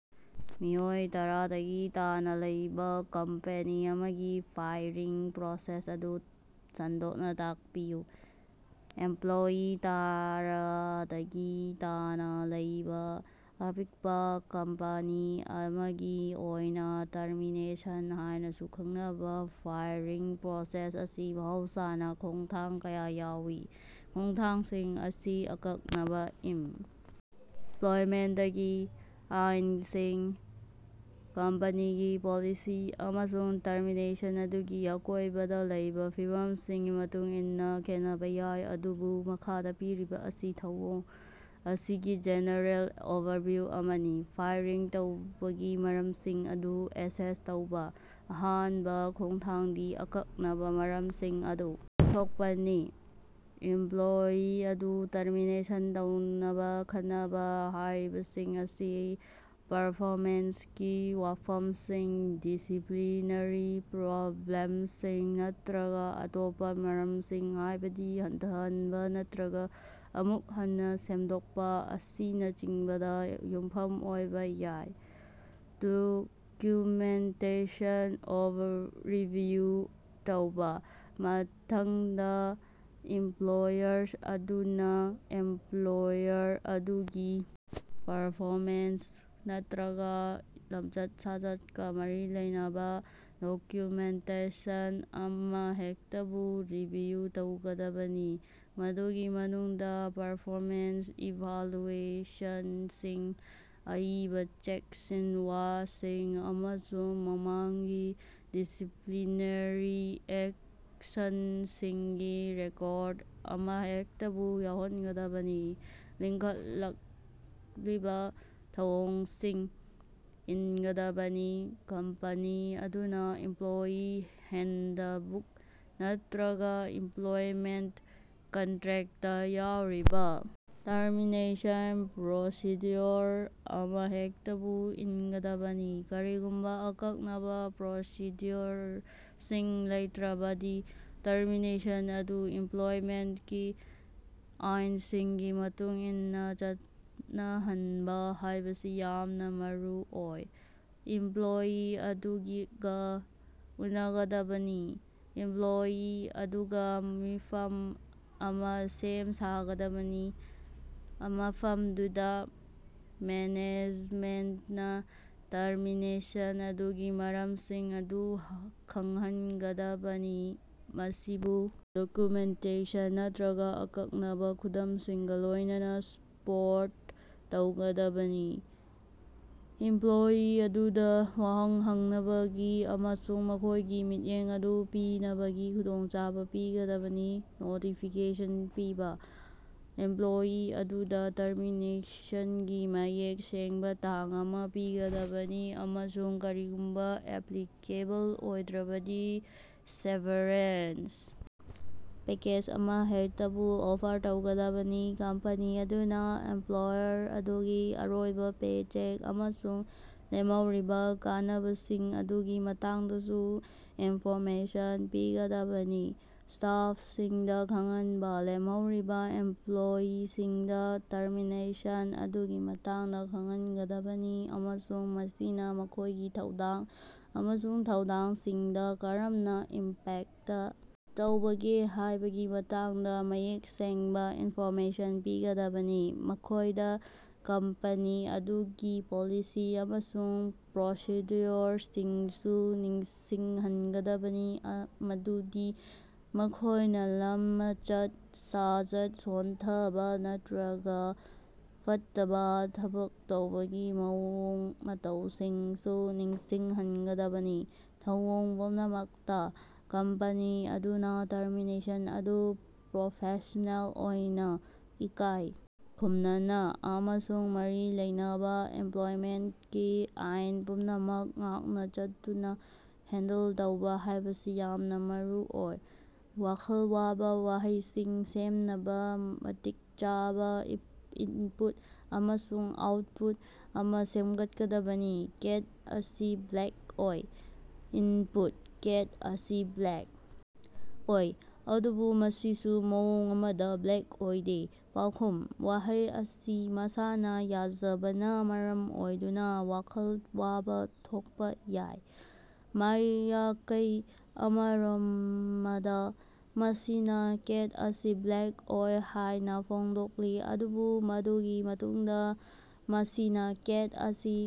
ꯃꯤꯑꯣꯏ ꯇꯔꯥꯗꯒꯤ ꯇꯥꯅꯥ ꯂꯩꯕꯥ ꯀꯝꯄꯦꯅꯤ ꯑꯃꯒꯤ ꯐꯥꯏꯔꯤꯡ ꯄ꯭ꯔꯣꯁꯦꯁ ꯑꯗꯨ ꯁꯟꯗꯣꯛꯅꯥ ꯇꯥꯛꯄꯤꯌꯨ꯫ ꯑꯦꯝꯄ꯭ꯂꯣꯌꯤ ꯇꯔꯥꯗꯒꯤ ꯇꯥꯅꯥ ꯂꯩꯕꯥ ꯑꯄꯤꯛꯄꯥ ꯀꯝꯄꯅꯤ ꯑꯃꯒꯤ ꯑꯣꯏꯅꯥ ꯇꯔꯃꯤꯅꯦꯁꯟ ꯍꯥꯏꯅꯥꯁꯨ ꯈꯪꯅꯕꯥ ꯐꯥꯏꯔꯤꯡ ꯄ꯭ꯔꯣꯁꯦꯁ ꯑꯁꯤ ꯃꯍꯧꯁꯥꯅꯥ ꯈꯣꯡꯊꯥꯡ ꯀꯌꯥ ꯌꯥꯎꯏ꯫ ꯈꯣꯡꯊꯥꯡꯁꯤꯡ ꯑꯁꯤ ꯑꯀꯛꯅꯕꯥ ꯏꯝ ꯄ꯭ꯂꯣꯏꯃꯦꯟꯇꯀꯤ ꯑꯥꯏꯟꯁꯤꯡ, ꯀꯝꯄꯅꯤꯒꯤ ꯄꯣꯂꯤꯁꯤ ꯑꯃꯁꯨꯡ ꯇꯔꯃꯤꯅꯦꯁꯟ ꯑꯗꯨꯒꯤ ꯑꯀꯣꯏꯕꯗꯥ ꯂꯩꯕꯥ ꯐꯤꯚꯝꯁꯤꯡꯒꯤ ꯃꯇꯨꯡꯏꯟꯅꯥ ꯈꯦꯠꯅꯕꯥ ꯌꯥꯏ, ꯑꯗꯨꯕꯨ ꯃꯈꯥꯗꯥ ꯄꯤꯔꯤꯕꯥ ꯑꯁꯤ ꯊꯧꯑꯣꯡ ꯑꯁꯤꯒꯤ ꯖꯦꯅꯦꯔꯦꯜ ꯑꯣꯚꯔꯚꯤꯌꯨ ꯑꯃꯅꯤ: ꯐꯥꯏꯔꯤꯡ ꯇꯧꯕꯒꯤ ꯃꯔꯝꯁꯤꯡ ꯑꯗꯨ ꯑꯦꯁꯦꯁ ꯇꯧꯕꯥ: ꯑꯍꯥꯟꯕꯥ ꯈꯣꯡꯊꯥꯡꯗꯤ ꯑꯀꯛꯅꯕꯥ ꯃꯔꯝꯁꯤꯡ ꯑꯗꯨ ꯂꯦꯞꯊꯣꯛꯄꯅꯤ꯫ ꯏꯝꯄ꯭ꯂꯣꯌꯤ ꯑꯗꯨ ꯇꯔꯃꯤꯅꯦꯁꯟ ꯇꯧꯅꯕꯥ ꯈꯟꯅꯕ, ꯍꯥꯏꯔꯤꯕꯁꯤꯡ ꯑꯁꯤ ꯄꯔꯐꯣꯃꯦꯟꯁꯀꯤ ꯋꯥꯐꯝꯁꯤꯡ, ꯗꯤꯁꯤꯄ꯭ꯂꯤꯅꯔꯤ ꯄ꯭ꯔꯣꯕ꯭ꯂꯦꯝꯁꯤꯡ ꯅꯠꯇ꯭ꯔꯒꯥ ꯑꯇꯣꯞꯄꯥ ꯃꯔꯝꯁꯤꯡ ꯍꯥꯏꯕꯗꯤ ꯍꯟꯊꯍꯟꯕꯥ ꯅꯠꯇ꯭ꯔꯒꯥ ꯑꯃꯨꯛ ꯍꯟꯅꯥ ꯁꯦꯝꯗꯣꯛꯄꯥ ꯑꯁꯤꯅꯆꯤꯡꯕꯗꯥ ꯌꯨꯝꯐꯝ ꯑꯣꯏꯕꯥ ꯌꯥꯏ꯫ ꯗꯣꯀ꯭ꯌꯨꯃꯦꯟꯇꯦꯁꯟ ꯔꯤꯚꯤꯌꯨ ꯇꯧꯕꯥ: ꯃꯊꯪꯗꯥ, ꯏꯝꯄ꯭ꯂꯣꯌꯔ ꯑꯗꯨꯅꯥ ꯑꯦꯝꯄ꯭ꯂꯣꯌꯔ ꯑꯗꯨꯒꯤ ꯄꯔꯐꯣꯃꯦꯟꯁ ꯅꯠꯇ꯭ꯔꯒꯥ ꯂꯝꯆꯠ-ꯁꯥꯖꯠꯀꯥ ꯃꯔꯤ ꯂꯩꯅꯕꯥ ꯗꯣꯀ꯭ꯌꯨꯃꯦꯟꯇꯦꯁꯟ ꯑꯃꯍꯦꯛꯇꯕꯨ ꯔꯤꯚꯤꯌꯨ ꯇꯧꯒꯗꯕꯅꯤ, ꯃꯗꯨꯒꯤ ꯃꯅꯨꯡꯗꯥ ꯄꯔꯐꯣꯃꯦꯟꯁ ꯏꯚꯥꯜꯂꯨꯑꯦꯁꯟꯁꯤꯡ, ꯑꯏꯕꯥ ꯆꯦꯛꯁꯤꯟꯋꯥꯁꯤꯡ ꯑꯃꯁꯨꯡ ꯃꯃꯥꯡꯒꯤ ꯗꯤꯁꯤꯄ꯭ꯂꯤꯅꯔꯤ ꯑꯦꯛꯁꯟꯁꯤꯡꯒꯤ ꯔꯦꯀꯣꯔꯗ ꯑꯃꯍꯦꯛꯇꯕꯨ ꯌꯥꯎꯍꯟꯒꯗꯕꯅꯤ꯫ ꯂꯤꯡꯈꯠꯂꯛꯂꯤꯕꯥ ꯊꯧꯑꯣꯡꯁꯤꯡ ꯏꯟꯒꯗꯕꯅꯤ: ꯀꯝꯄꯅꯤ ꯑꯗꯨꯅꯥ ꯏꯝꯄ꯭ꯂꯣꯌꯤ ꯍꯦꯟꯗꯕꯨꯛ ꯅꯠꯇ꯭ꯔꯒꯥ ꯏꯝꯄ꯭ꯂꯣꯏꯃꯦꯟꯇ ꯀꯟꯇ꯭ꯔꯦꯛꯇꯥ ꯌꯥꯎꯔꯤꯕꯥ ꯇꯔꯃꯤꯅꯦꯁꯟ ꯄ꯭ꯔꯣꯁꯤꯗ꯭ꯌꯨꯑꯣꯔ ꯑꯃꯍꯦꯛꯇꯕꯨ ꯏꯟꯒꯗꯕꯅꯤ꯫ ꯀꯔꯤꯒꯨꯝꯕꯥ ꯑꯀꯛꯅꯕꯥ ꯄ꯭ꯔꯣꯁꯤꯗ꯭ꯌꯨꯑꯣꯔꯁꯤꯡ ꯂꯩꯇ꯭ꯔꯕꯗꯤ, ꯇꯔꯃꯤꯅꯦꯁꯟ ꯑꯗꯨ ꯏꯝꯄ꯭ꯂꯣꯏꯃꯦꯟꯇꯀꯤ ꯑꯥꯏꯟꯁꯤꯡꯒꯤ ꯃꯇꯨꯡꯏꯟꯅꯥ ꯆꯠꯅꯍꯟꯕꯥ ꯍꯥꯏꯕꯁꯤ ꯌꯥꯝꯅꯥ ꯃꯔꯨꯑꯣꯏ꯫ ꯏꯝꯄ꯭ꯂꯣꯌꯤ ꯑꯗꯨꯒꯥ ꯎꯅꯒꯗꯕꯅꯤ: ꯏꯝꯄ꯭ꯂꯣꯌꯤ ꯑꯗꯨꯒꯥ ꯃꯤꯐꯝ ꯑꯃꯥ ꯁꯦꯝ-ꯁꯥꯒꯗꯕꯅꯤ, ꯃꯐꯝꯗꯨꯗꯥ ꯃꯦꯅꯦꯖꯃꯦꯟꯇꯅꯥ ꯇꯔꯃꯤꯅꯦꯁꯟ ꯑꯗꯨꯒꯤ ꯃꯔꯝꯁꯤꯡ ꯑꯗꯨ ꯈꯪꯍꯟꯒꯗꯕꯅꯤ, ꯃꯁꯤꯕꯨ ꯗꯣꯀ꯭ꯌꯨꯃꯦꯟꯇꯦꯁꯟ ꯅꯠꯇ꯭ꯔꯒꯥ ꯑꯀꯛꯅꯕꯥ ꯈꯨꯗꯝꯁꯤꯡꯒꯥ ꯂꯣꯏꯅꯅꯥ ꯁꯄꯣꯔꯠ ꯇꯧꯒꯗꯕꯅꯤ꯫ ꯏꯝꯄ꯭ꯂꯣꯌꯤ ꯑꯗꯨꯗꯥ ꯋꯥꯍꯪ ꯍꯪꯅꯕꯒꯤ ꯑꯃꯁꯨꯡ ꯃꯈꯣꯏꯒꯤ ꯃꯤꯠꯌꯦꯡ ꯑꯗꯨ ꯄꯤꯅꯕꯒꯤ ꯈꯨꯗꯣꯡꯆꯥꯕꯥ ꯄꯤꯒꯗꯕꯅꯤ꯫ ꯅꯣꯇꯤꯐꯤꯀꯦꯁꯟ ꯄꯤꯕꯥ: ꯏꯝꯄ꯭ꯂꯣꯌꯤ ꯑꯗꯨꯗꯥ ꯇꯔꯃꯤꯅꯦꯁꯟꯒꯤ ꯃꯌꯦꯛ ꯁꯦꯡꯕꯥ ꯇꯥꯡ ꯑꯃꯥ ꯄꯤꯒꯗꯕꯅꯤ ꯑꯃꯁꯨꯡ ꯀꯔꯤꯒꯨꯝꯕꯥ ꯑꯦꯄ꯭ꯂꯤꯀꯦꯕꯜ ꯑꯣꯏꯔꯕꯗꯤ, ꯁꯦꯚꯔꯦꯟꯁ ꯄꯦꯀꯦꯖ ꯑꯃꯍꯦꯛꯇꯕꯨ ꯑꯣꯐꯔ ꯇꯧꯒꯗꯕꯅꯤ꯫ ꯀꯝꯄꯅꯤ ꯑꯗꯨꯅꯥ ꯑꯦꯝꯄ꯭ꯂꯣꯌꯔ ꯑꯗꯨꯒꯤ ꯑꯔꯣꯏꯕꯥ ꯄꯦ-ꯆꯦꯛ ꯑꯃꯁꯨꯡ ꯂꯦꯝꯍꯧꯔꯤꯕꯥ ꯀꯥꯟꯅꯕꯁꯤꯡ ꯑꯗꯨꯒꯤ ꯃꯇꯥꯡꯗꯁꯨ ꯏꯟꯐꯣꯔꯃꯦꯁꯟ ꯄꯤꯒꯗꯕꯅꯤ꯫ ꯁ꯭ꯇꯥꯐꯁꯤꯡꯗꯥ ꯈꯪꯍꯟꯕꯥ: ꯂꯦꯝꯍꯧꯔꯤꯕꯥ ꯏꯝꯄ꯭ꯂꯣꯌꯤꯁꯤꯡꯗꯥ ꯇꯔꯃꯤꯅꯦꯁꯟ ꯑꯗꯨꯒꯤ ꯃꯇꯥꯡꯗꯥ ꯈꯪꯍꯟꯒꯗꯕꯅꯤ ꯑꯃꯁꯨꯡ ꯃꯁꯤꯅꯥ ꯃꯈꯣꯏꯒꯤ ꯊꯧꯗꯥꯡ ꯑꯃꯁꯨꯡ ꯊꯧꯗꯥꯡꯁꯤꯡꯗꯥ ꯀꯔꯝꯅꯥ ꯏꯝꯄꯦꯛꯇ ꯇꯧꯕꯒꯦ ꯍꯥꯏꯕꯒꯤ ꯃꯇꯥꯡꯗꯥ ꯃꯌꯦꯛ ꯁꯦꯡꯕꯥ ꯏꯟꯐꯣꯔꯃꯦꯁꯟ ꯄꯤꯒꯗꯕꯅꯤ꯫ ꯃꯈꯣꯏꯗꯥ ꯀꯝꯄꯅꯤ ꯑꯗꯨꯒꯤ ꯄꯣꯂꯤꯁꯤ ꯑꯃꯁꯨꯡ ꯄ꯭ꯔꯣꯁꯤꯗ꯭ꯌꯨꯑꯣꯔꯁꯤꯡꯁꯨ ꯅꯤꯡꯁꯤꯡꯍꯟꯒꯗꯕꯅꯤ ꯃꯗꯨꯗꯤ ꯃꯈꯣꯏꯅꯥ ꯂꯃꯆꯠ-ꯁꯥꯖꯠ ꯁꯣꯟꯊꯕꯥ ꯅꯠꯇ꯭ꯔꯒꯥ ꯐꯠꯇꯕꯥ ꯊꯕꯛ ꯇꯧꯕꯒꯤ ꯃꯑꯣꯡ-ꯃꯇꯧꯁꯤꯡꯁꯨ ꯅꯤꯡꯁꯤꯡꯍꯟꯒꯗꯕꯅꯤ꯫ ꯊꯧꯑꯣꯡ ꯄꯨꯝꯅꯃꯛꯇꯥ, ꯀꯝꯄꯅꯤ ꯑꯗꯨꯅꯥ ꯇꯔꯃꯤꯅꯦꯁꯟ ꯑꯗꯨ ꯄ꯭ꯔꯣꯐꯦꯁꯅꯦꯜ ꯑꯣꯏꯅꯥ, ꯏꯀꯥꯏ ꯈꯨꯝꯅꯅꯥ ꯑꯃꯁꯨꯡ ꯃꯔꯤ ꯂꯩꯅꯕꯥ ꯏꯝꯄ꯭ꯂꯣꯏꯃꯦꯟꯇꯀꯤ ꯑꯥꯏꯟ ꯄꯨꯝꯅꯃꯛ ꯉꯥꯛꯅꯥ ꯆꯠꯇꯨꯅꯥ ꯍꯦꯟꯗꯜ ꯇꯧꯕꯥ ꯍꯥꯏꯕꯁꯤ ꯌꯥꯝꯅꯥ ꯃꯔꯨꯑꯣꯏ꯫ ꯋꯥꯈꯜ ꯋꯥꯕꯥ ꯋꯥꯍꯩꯁꯤꯡ ꯁꯦꯝꯅꯕꯥ ꯃꯇꯤꯛ ꯆꯥꯕꯥ ꯏꯟꯄꯨꯠ ꯑꯃꯁꯨꯡ ꯑꯥꯎꯠꯄꯨꯠ ꯑꯃꯥ ꯁꯦꯃꯒꯠꯀꯗꯕꯅꯤ꯫ ꯀꯦꯠ ꯑꯁꯤ ꯕ꯭ꯂꯦꯛ ꯑꯣꯏ꯫ ꯏꯟꯄꯨꯠ: ꯀꯦꯠ ꯑꯁꯤ ꯕ꯭ꯂꯦꯛ ꯑꯣꯏ ꯑꯗꯨꯕꯨ ꯃꯁꯤꯁꯨ ꯃꯑꯣꯡ ꯑꯃꯗꯥ ꯕ꯭ꯂꯦꯛ ꯑꯣꯏꯗꯦ ꯄꯥꯎꯈꯨꯝ: ꯋꯥꯍꯩ ꯑꯁꯤ ꯃꯁꯥꯅꯥ ꯌꯥꯖꯕꯅꯥ ꯃꯔꯝ ꯑꯣꯏꯗꯨꯅꯥ ꯋꯥꯈꯜ ꯋꯥꯕꯥ ꯊꯣꯛꯄꯥ ꯌꯥꯏ꯫ ꯃꯥꯌꯀꯩ ꯑꯃꯔꯣꯃꯗꯥ, ꯃꯁꯤꯅꯥ ꯀꯦꯠ ꯑꯁꯤ ꯕ꯭ꯂꯦꯛ ꯑꯣꯏ ꯍꯥꯏꯅꯥ ꯐꯣꯡꯗꯣꯛꯂꯤ, ꯑꯗꯨꯕꯨ ꯃꯗꯨꯒꯤ ꯃꯇꯨꯡꯗꯥ ꯃꯁꯤꯅꯥ ꯀꯦꯠ ꯑꯁꯤ